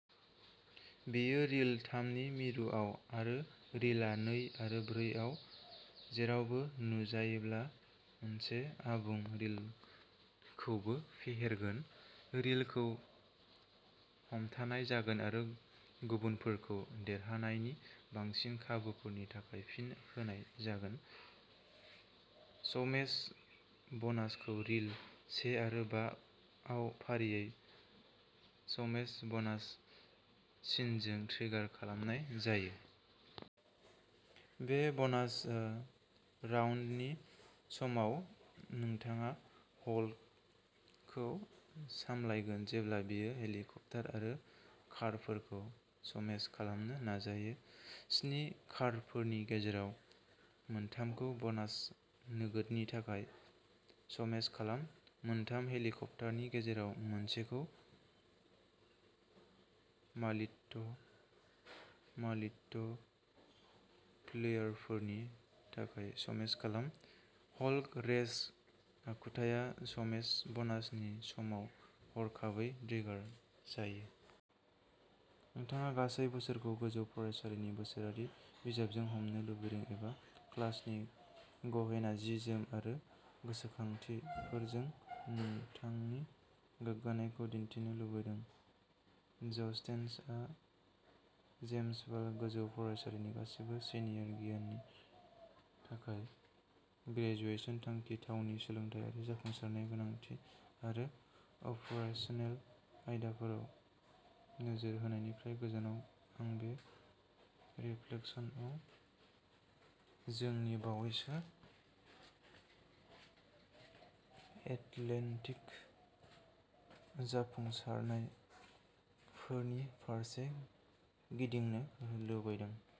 बियो रिल थामनि मिरुआव आरो रिल नै आरो ब्रै आव जेरावबो नुजायोब्ला मोनसे आबुं रिलखौबो फेहेरगोन। रिलखौ हमथानाय जागोन आरो गुबुनफोरखौ देरहानायनि बांसिन खाबुफोरनि थाखाय फिन होनाय जागोन। स्मेश बनासखौ रिल से आरो बा आव फारियै स्मेश बनास सिनजों ट्रिगार खालामनाय जायो। बे बनास राउन्डनि समाव नोंथाङा हल्कखौ सामलायगोन जेब्ला बियो हेलिकप्टार आरो कारफोरखौ स्मेश खालामनो नाजायो। स्नि कारफोरनि गेजेराव मोनथामखौ ब'नास नोगोदनि थाखाय स्मेश खालाम। मोनथाम हेलिकप्टारनि गेजेराव मोनसेखौ माल्टि माल्टिप्लायरफोरनि थाखाय स्मेश खालाम। हल्क रेज आखुथाया स्मेश बनासनि समाव हरखाबै ट्रिगार जायो। नोंथाङा गासै बोसोरखौ गोजौ फरायसालिनि बोसोरारि बिजाबजों हमनो लुबैदों एबा क्लासनि गहेना जि जोम आरो गोसोखांथिफोरजों नोंथांनि गोग्गानायखौ दिन्थिनो लुबैदों जस्टेन्सआ जेम्सविल गोजौ फरायसालिनि गासिबो सिनियर गियारनि थाखाय ग्रेजुएशन थांखि थावनि। सोलोंथायारि जाफुंसारनाय गोदानथि आरो अपारेसनेल आयदाफोराव नोजोर होनायनिफ्राय गोजानाव आं बे रिफ्लेक्शनआव जोंनि बावैसो एथलेटिक जाफुंसारनायफोरनि फारसे गिदिंनो लुबैदों।